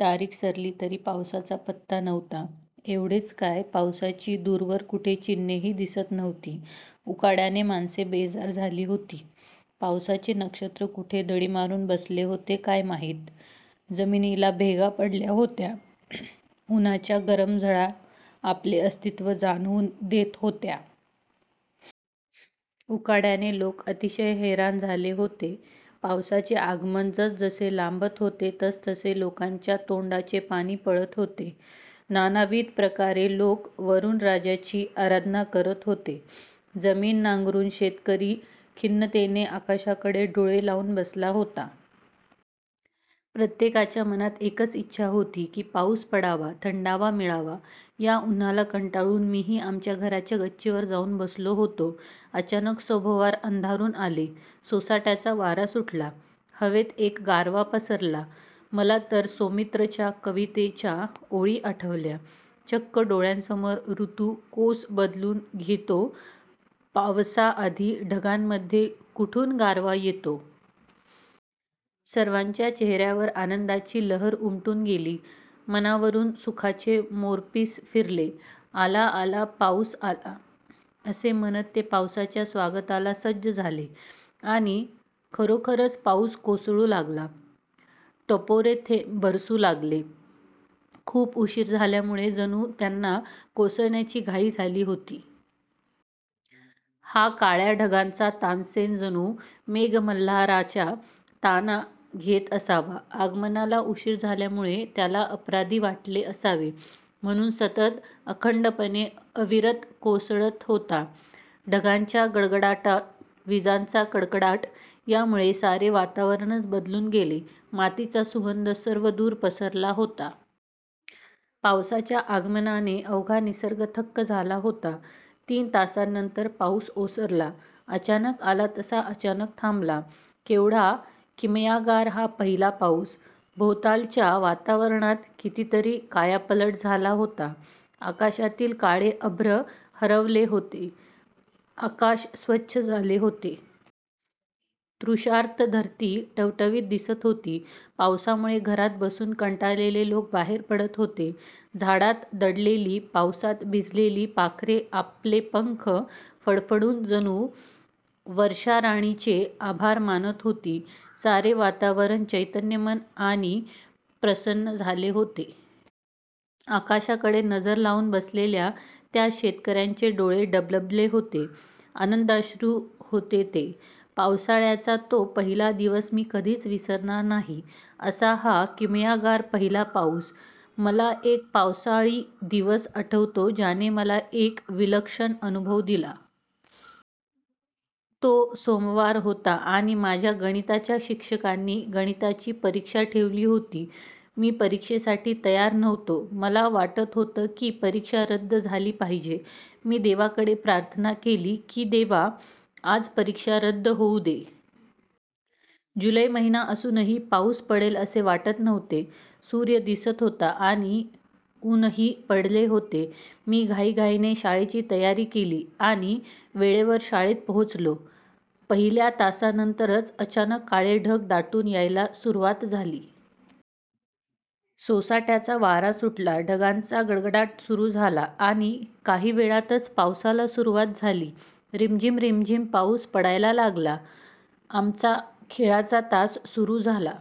तारीख सरली, तरी पावसाचा पत्ता नव्हता. एवढेच काय! पावसाची दूरवर कुठे चिन्हेही दिसत नव्हती. उकाड्याने माणसे बेजार झाली होती. पावसाचे नक्षत्र कुठे दडी मारून बसले होते काय माहीत? जमिनीला भेगा पडल्या होत्या. उन्हाच्या गरम झळा आपले अस्तित्व जाणवून देत होत्या. उकाड्याने लोक अतिशय हैराण झाले होते. पावसाचे आगमन जसजसे लांबत होते, तसतसे लोकांच्या तोंडचे पाणी पळत होते. नानाविध प्रकारे लोक वरुणराजाची आराधना करत होते. जमीन नांगरून शेतकरी खिन्नतेने आकाशाकडे डोळे लावून बसला होता. प्रत्येकाच्या मनात एकच इच्छा होती की पाऊस पडावा, थंडावा मिळावा. या उन्हाला कंटाळून मीही आमच्या घराच्या गच्चीवर जाऊन बसलो होतो. अचानक सभोवार अंधारून आले. सोसाट्याचा वारा सुटला. हवेत एक गारवा पसरला. मला तर सौमित्रच्या कवितेच्या ओळी आठवल्या, चक्क डोळ्यांसमोर ऋतु कोस बदलून घेतो, पावसा आधी ढगांमध्ये कुठून गारवा येतो? सर्वांच्या चेहऱ्यावर आनंदाची लहर उमटून गेली. मनावरून सुखाचे मोरपीस फिरले. 'आला, आला, पाऊस आला! ' असे म्हणत ते पावसाच्या स्वागताला सज्ज झाले. आणि खरोखरच पाऊस कोसळू लागला. टपोरे थेंब बरसू लागले. खूप उशीर झाल्यामुळे जणू त्यांना कोसळण्याची घाई झाली होती. हा काळ्या ढगांचा तानसेन जणू मेघमल्हाराच्या ताना घेत असावा. आगमनाला उशीर झाल्यामुळे त्याला अपराधी वाटले असावे, म्हणून सतत अखंडपणे अविरत कोसळत होता. ढगांचा गडगडाट, विजांचा कडकडाट यामुळे सारे वातावरणच बदलून गेले. मातीचा सुगंध सर्वदूर पसरला होता. पावसाच्या आगमनाने अवघा निसर्ग थक्क झाला होता. तीन तासांनंतर पाऊस ओसरला. अचानक आला तसा अचानक थांबला. केवढा किमयागार हा पहिला पाऊस! भोवतालच्या वातावरणात कितीतरी कायापालट झाला होता. आकाशातील काळे अभ्र हरवले होते. आकाश स्वच्छ झाले होते. तृषार्त धरती टवटवीत दिसत होती. पावसामुळे घरात बसून कंटाळलेले लोक बाहेर पडत होते. झाडात दडलेली, पावसात भिजलेली पाखरे आपले पंख फडफडवून जणू वर्षाराणीचे आभार मानत होती. सारे वातावरण चैतन्यमय आणि प्रसन्न झाले होते. आकाशाकडे नजर लावून बसलेल्या त्या शेतकऱ्यांचे डोळे डबडबले होते. आनंदाश्रू होते ते! पावसाळ्याचा तो पहिला दिवस मी कधीच विसरणार नाही. असा हा किमयागार पहिला पाऊस! मला एक पावसाळी दिवस आठवतो ज्याने मला एक विलक्षण अनुभव दिला. तो सोमवार होता आणि माझ्या गणिताच्या शिक्षकांनी गणिताची परीक्षा ठेवली होती. मी परीक्षेसाठी तयार नव्हतो. मला वाटत होते की परीक्षा रद्द झाली पाहिजे. मी देवाकडे प्रार्थना केली की, 'देवा, आज परीक्षा रद्द होऊदे. ' जुलै महिना असूनही पाऊस पडेल असे वाटत नव्हते. सूर्य दिसत होता आणि ऊनही पडले होते. मी घाईघाईने शाळेची तयारी केली आणि वेळेवर शाळेत पोहोचलो. पहिल्या तासानंतरच अचानक काळे ढग दाटून यायला सुरुवात झाली. सोसाट्याचा वारा सुटला. ढगांचा गडगडाट सुरू झाला. आणि काही वेळातच पावसाला सुरुवात झाली. रिमझिम रिमझिम पाऊस पडायला लागला. आमचा खेळाचा तास सुरू झाला.